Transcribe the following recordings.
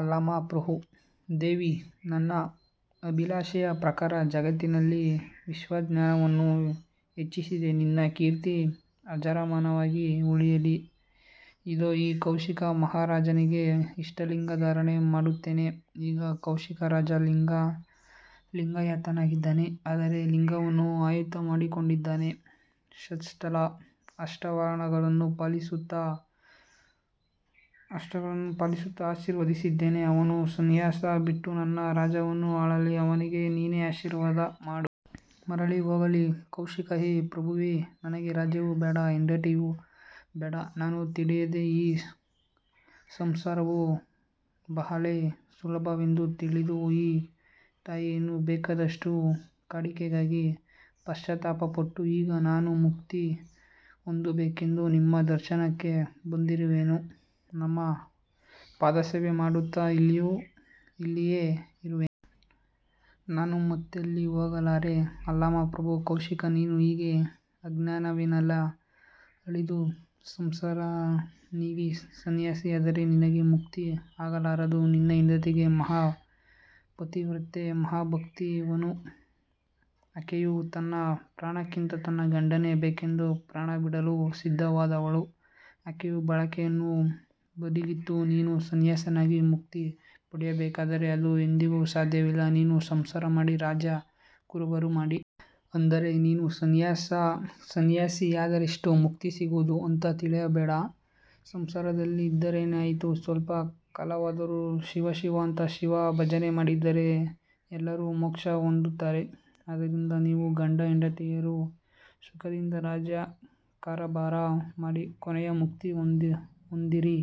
ಅಲ್ಲಮಪ್ರಭು: ದೇವಿ, ನನ್ನ ಅಭಿಲಾಷೆಯ ಪ್ರಕಾರ ಜಗತ್ತಿನಲ್ಲಿ ಶಿವಜ್ಞಾನವನ್ನು ಹೆಚ್ಚಿಸಿದಿ. ನಿನ್ನ ಕೀರ್ತಿ ಅಜರಾಮರವಾಗಿ ಉಳಿಯಲಿ! ಇದೋ ಈ ಕೌಶಿಕ ಮಹಾರಾಜನಿಗೆ ಇಷ್ಟಲಿಂಗಧಾರಣೆ ಮಾಡುತ್ತೇನೆ. ಈಗ ಕೌಶಿಕರಾಜ ಲಿಂಗಾಯತನಾಗಿದ್ದಾನೆ. ಅಂದರೆ ಲಿಂಗವನ್ನು ಆಯುತ ಮಾಡಿಕೊಂಡಿದ್ದಾನೆ. ಷಟ್ ಸ್ಥಲ, ಅಷ್ಟಾವರಣಗಳನ್ನು ಪಾಲಿಸುತ್ತ ಸದ್ಬುದ್ಧಿವಂತ ನಾಗಲೆಂದು ಆಶೀರ್ವದಿಸಿದ್ದೇನೆ. ಅವನು ಸಂನ್ಯಾಸ ಬಿಟ್ಟು ತನ್ನ ರಾಜ್ಯವನ್ನು ಆಳಲಿ ಅವನಿಗೆ ನೀನೇ ಆಶೀರ್ವಾದ ಮಾಡು. ಮರಳಿ ಹೋಗಲಿ. ಕೌಶಿಕ: ಹೇ ಪ್ರಭುವೇ, ನನಗೆ ರಾಜ್ಯವು ಬೇಡಾ. ಹೆಂಡತಿಯು ಬೇಡಾ. ನಾನು ತಿಳಿಯದೇ, ಈ ಸಂಸಾರವು ಬಹಳೇ ಸುಲಭವೆಂದು ತಿಳಿದು ಈ ತಾಯಿಯನ್ನು ಬೇಕಾದಷ್ಟು ಕಾಡಿಕಾಡಿ ಪಶ್ಚಾತ್ತಾಪಪಟ್ಟು, ಈಗ ನಾನು ಮುಕ್ತಿ ಹೊಂದಬೇಕೆಂದು ನಿಮ್ಮ ದರ್ಶನಕ್ಕೆ ಬಂದಿರುವೆನು. ನಮ್ಮ ಪಾದಸೇವೆ ಮಾಡುತ್ತ ಇಲ್ಲಿಯೇ ಇರುವೆನು. ನಾನು ಮತ್ತೆಲ್ಲಿ ಹೋಗಲಾರೆ. ಅಲ್ಲಮಪ್ರಭು: ಕೌಶಿಕಾ, ನೀನು ಹೀಗೆ ಅಜ್ಞಾನವನ್ನೆಲ್ಲಾ ಅಳಿದು ಸಂಸಾರ ನೀಗಿ ಸಂನ್ಯಾಸಿ ಆದರೆ ನಿನಗೆ ಮುಕ್ತಿ ಆಗಲಾರದು. ನಿನ್ನ ಹೆಂಡತಿ ಮಹಾಪತಿವ್ರತೆ, ಮಹಾಭಕ್ತಿವಾನಳು. ಆಕೆಯು ತನ್ನ ಪ್ರಾಣಕ್ಕಿಂತ ತನ್ನ ಗಂಡನೇ ಬೇಕೆಂದು ಪ್ರಾಣಬಿಡಲು ಸಿದ್ಧಳಾದವಳು. ಆಕೆಯ ಬಯಕೆಯನ್ನು ಬದಿಗಿಟ್ಟು, ನೀನು ಸಂನ್ಯಾಸಿಯಾಗಿ ಮುಕ್ತಿ ಪಡೆಯಬೇಕಾದರೆ ಅದು ಎಂದಿಗೂ ಸಾಧ್ಯವಿಲ್ಲ, ನೀನು ಸಂಸಾರ ಮಾಡಿ ರಾಜ್ಯ ಕಾರುಭಾರು ಮಾಡು. ಅಂದರೆ ನೀನು ಸಂನ್ಯಾಸಿಯಾದರಷ್ಟೇ ಮುಕ್ತಿ ಸಿಗುವುದು ಅಂತಾ ತಿಳಿಯಬೇಡಾ. ಸಂಸಾರದಲ್ಲಿ ಇದ್ದರೇನಾಯಿತು? ಸ್ವಲ್ಪ ಕಾಲವಾದರೂ ಶಿವಶಿವಾ ಅಂತಾ ಶಿವ ಭಜನೆ ಮಾಡಿದರೆ ಎಲ್ಲರೂ ಮೋಕ್ಷ ಹೊಂದುತ್ತಾರೆ. ಆದ್ದರಿಂದ ನೀವು ಗಂಡ: ಹೆಂಡತಿಯರು ಸುಖದಿಂದ ರಾಜ್ಯ ಕಾರಭಾರ ಮಾಡಿ ಕೊನೆಗೆ ಮುಕ್ತಿ ಹೊಂದಿರಿ.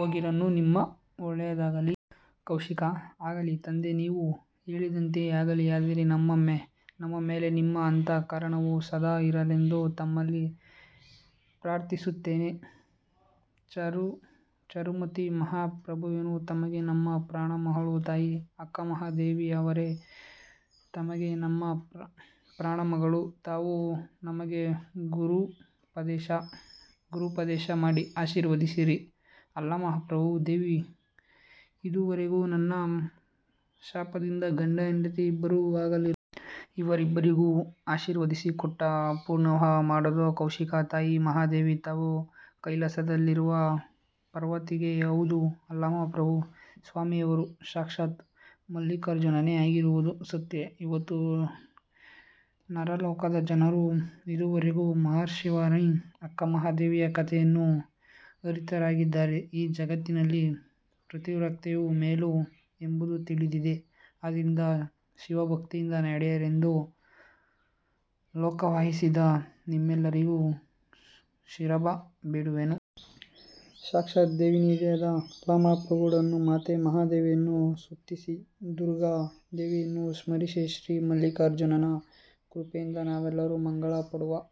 ಹೋಗಿರಿನ್ನು ನಿಮಗೆ ಒಳ್ಳೆಯದಾಗಲಿ! ಕೌಶಿಕ: ಆಗಲಿ ತಂದೇ, ನೀವು ಹೇಳಿದಂತೆಯೇ ಆಗಲಿ. ಆದರೆ ನಮ್ಮ ಮೇಲೆ ನಿಮ್ಮ ಅಂತಃಕರುಣವು ಸದಾ ಇರಲೆಂದು ತಮ್ಮಲ್ಲಿ ಪ್ರಾರ್ಥಿಸುತ್ತೇನೆ. ಚಾರುಮತಿ: ಮಹಾಪ್ರಭುವೆ ತಮಗೆ ನಮ್ಮ ಪ್ರಣಾಮಗಳು. ತಾಯಿ ಅಕ್ಕಮಹಾದೇವಿಯವರೇ ತಮಗೆ ನಮ್ಮ ಪ್ರಣಾಮಗಳು. ತಾವು ನಮಗೆ ಗುರುಪದೇಶ ಮಾಡಿ ಆಶೀರ್ವದಿಸಿರಿ. ಅಲ್ಲಮಪ್ರಭು: ದೇವಿ, ಇದುವರೆಗೂ ನಿನ್ನ ಶಾಪದಿಂದ ಗಂಡ ಹೆಂಡತಿಯರಿಬ್ಬರೂ ಅಗಲಿರುವರು. ಇವರಿಬ್ಬರಿಗೂ ಶಿವದೀಕ್ಷೆ ಕೊಟ್ಟು ಪುನರ್ವಿವಾಹ ಮಾಡೋಣ. ಕೌಶಿಕ: ತಾಯೆ ಮಹಾದೇವಿ, ತಾವು ಕೈಲಾಸದಲ್ಲಿರುವ ಪಾರ್ವತಿಯೇ ಹೌದು. ಅಲ್ಲಮಪ್ರಭು ಸ್ವಾಮಿಯವರು ಸಾಕ್ಷಾತ್ ಮಲ್ಲಿಕಾರ್ಜುನನೇ ಆಗಿರುವುದು ಸತ್ಯ. ಯಾವತ್ತು ನರಲೋಕದ ಜನರು ಇದುವರೆಗೂ ಮಹಾಶಿವಶರಣೆ ಅಕ್ಕಮಹಾದೇವಿಯ ಕಥೆಯನ್ನು ಅರಿತವರಾಗಿದ್ದಾರೆ. ಈ ಜಗತ್ತಿನಲ್ಲಿ ಪಾತಿವ್ರತ್ಯವೇ ಮೇಲು ಎಂಬುದು ತಿಳಿದಿದೆ. ಆದ್ದರಿಂದ ಶಿವಭಕ್ತಿಯಿಂದ ನಡೆಯಿರೆಂದು ಲೋಕವಾಸಿಯಾದ ನಿಮ್ಮೆಲ್ಲರಿಗೆ ಶಿರಬಾಗಿ ಬೇಡುವೆನು. ಸಾಕ್ಷಾತ್ ದೇವನಿಧಿಯಾದ ಅಲ್ಲಮಪ್ರಭುಗಳನ್ನು, ಮಾತೆ ಮಹಾದೇವಿಯನ್ನು ಸ್ತುತಿಸಿ, ದುರ್ಗಾ ದೇವಿಯನ್ನು ಸ್ಮರಿಸಿ, ಶ್ರೀ ಮಲ್ಲಿಕಾರ್ಜುನನ ಕೃಪೆಯಿಂದ ನಾವೆಲ್ಲರೂ ಮಂಗಲ ಪಾಡುವಾ.